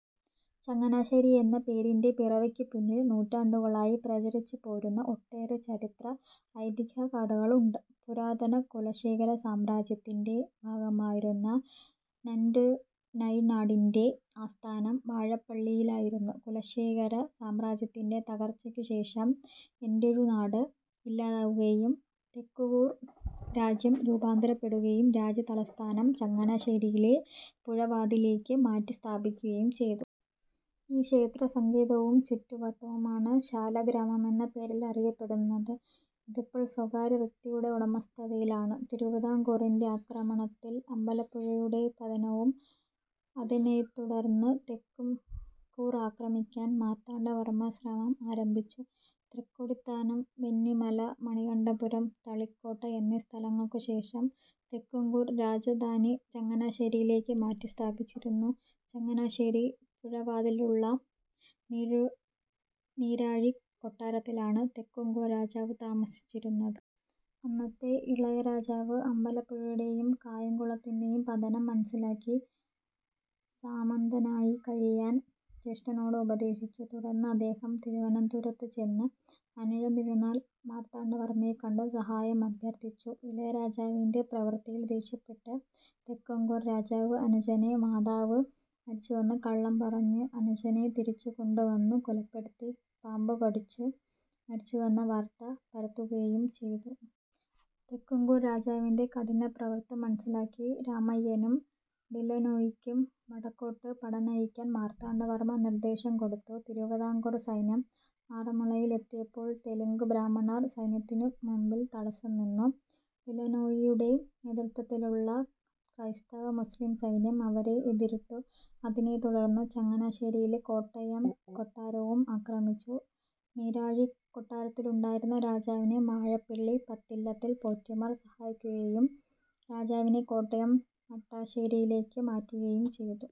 ചങ്ങനാശ്ശേരി എന്ന പേരിൻറെ പിറവിക്കു പിന്നിൽ നൂറ്റാണ്ടുകളായി പ്രചരിച്ചു പോരുന്ന ഒട്ടേറെ ചരിത്ര, ഐതിഹ്യ കഥകളുണ്ട്. പുരാതന കുലശേഖര സാമ്രാജ്യത്തിന്റെ ഭാഗമായിരുന്ന നന്റുഴൈനാടിന്റെ ആസ്ഥാനം വാഴപ്പള്ളിയിലായിരുന്നു. കുലശേഖര സാമ്രാജ്യത്തിന്റെ തകർച്ചക്ക് ശേഷം ന്റെഴുനാട് ഇല്ലാതാവുകയും തെക്കുകൂർ രാജ്യം രൂപാന്തരപ്പെടുകയും രാജ്യ തലസ്ഥാനം ചങ്ങനാശ്ശേരിയിലെ പുഴവാതിലേക്ക് മാറ്റി സ്ഥാപിക്കുകയും ചെയ്തു. ഈ ക്ഷേത്രസങ്കേതവും ചുറ്റുവട്ടവുമാണ് ശാലഗ്രാമമെന്നപേരിൽ അറിയപ്പെടുന്നത്. ഇതിപ്പോൾ സ്വകാര്യവ്യക്തിയുടെ ഉടമസ്ഥതയിലാണ്. തിരുവിതാംകൂറിന്റെ ആക്രമണത്തിൽ അമ്പലപ്പുഴയുടെ പതനവും അതിനെത്തുടർന്ന് തെക്കുംകൂർ ആക്രമിക്കാൻ മാർത്താണ്ഡവർമ്മ ശ്രമം ആരംഭിച്ചു. തൃക്കൊടിത്താനം, വെന്നിമല, മണികണ്ഠപുരം, തളിക്കോട്ട, എന്നിസ്ഥലങ്ങൾക്കുശേഷം തെക്കുംകൂർ രാജധാനി ചങ്ങനാശ്ശേരിയിലേക്ക് മാറ്റിസ്ഥാപിച്ചിരുന്നു. ചങ്ങനാശ്ശേരി പുഴവാതിലുള്ള നീരാഴിക്കൊട്ടാരത്തിലാണ് തെക്കുംകൂർ രാജാവ് താമസിച്ചിരുന്നത്. അന്നത്തെ ഇളയരാജാവ് അമ്പലപ്പുഴയുടേയും കായങ്കുളത്തിന്റെ പതനം മനസ്സിലാക്കി സാമന്തനായി കഴിയാൻ ജ്യേഷ്ഠനോട് ഉപദേശിച്ചു, തുടർന്ന് അദ്ദേഹം തിരുവനന്തപുരത്ത് ചെന്ന് അനിഴം തിരുനാൾ മാർത്താണ്ഡവർമ്മയെ കണ്ടു സഹായം അഭ്യർത്ഥിച്ചു. ഇളയരാജാവിന്റെ പ്രവൃത്തിയിൽ ദേഷ്യപ്പെട്ട് തെക്കുംകൂർ രാജാവ് അനുജനെ മാതാവ് മരിച്ചുവെന്ന് കള്ളം പറഞ്ഞ് അനുജനെ തിരിച്ചുകൊണ്ടുവന്നു കൊലപ്പെടുത്തി പാമ്പുകടിച്ചു മരിച്ചുവെന്ന് വാർത്ത പരത്തുകയും ചെയ്തു. തെക്കുംകൂർ രാജാവിന്റെ കഠിനപൃവർത്തു മനസ്സിലാക്കി രാമയ്യനും ഡിലനോയിക്കും വടക്കോട്ട് പടനയിക്കാൻ മാർത്താണ്ഡവർമ്മ നിർദ്ദേശം കൊടുത്തു. തിരുവിതാംകൂർ സൈന്യം ആറന്മുളയിൽ എത്തിയപ്പോൾ തെലുങ്കു ബ്രാഹ്മണർ സൈന്യത്തിനു മുൻപിൽ തടസ്സം നിന്നു. ഡിലനോയിയുടെ നേതൃത്തത്തിലുള്ള ക്രൈസ്തവ-മുസ്ലിം സൈന്യം അവരെ എതിരിട്ടു. അതിനെത്തുടന്ന് ചങ്ങനാശ്ശേരിയിലെ കോട്ടയും കൊട്ടാരവും ആക്രമിച്ചു. നീരാഴിക്കൊട്ടാരത്തിലുണ്ടായിരുന്ന രാജാവിനെ വാഴപ്പള്ളി പത്തില്ലത്തിൽ പോറ്റിമാർ സഹായിക്കുകയും രാജാവിനെ കോട്ടയം നട്ടാശ്ശേരിയിലേക്ക് മാറ്റുകയും ചെയ്തു.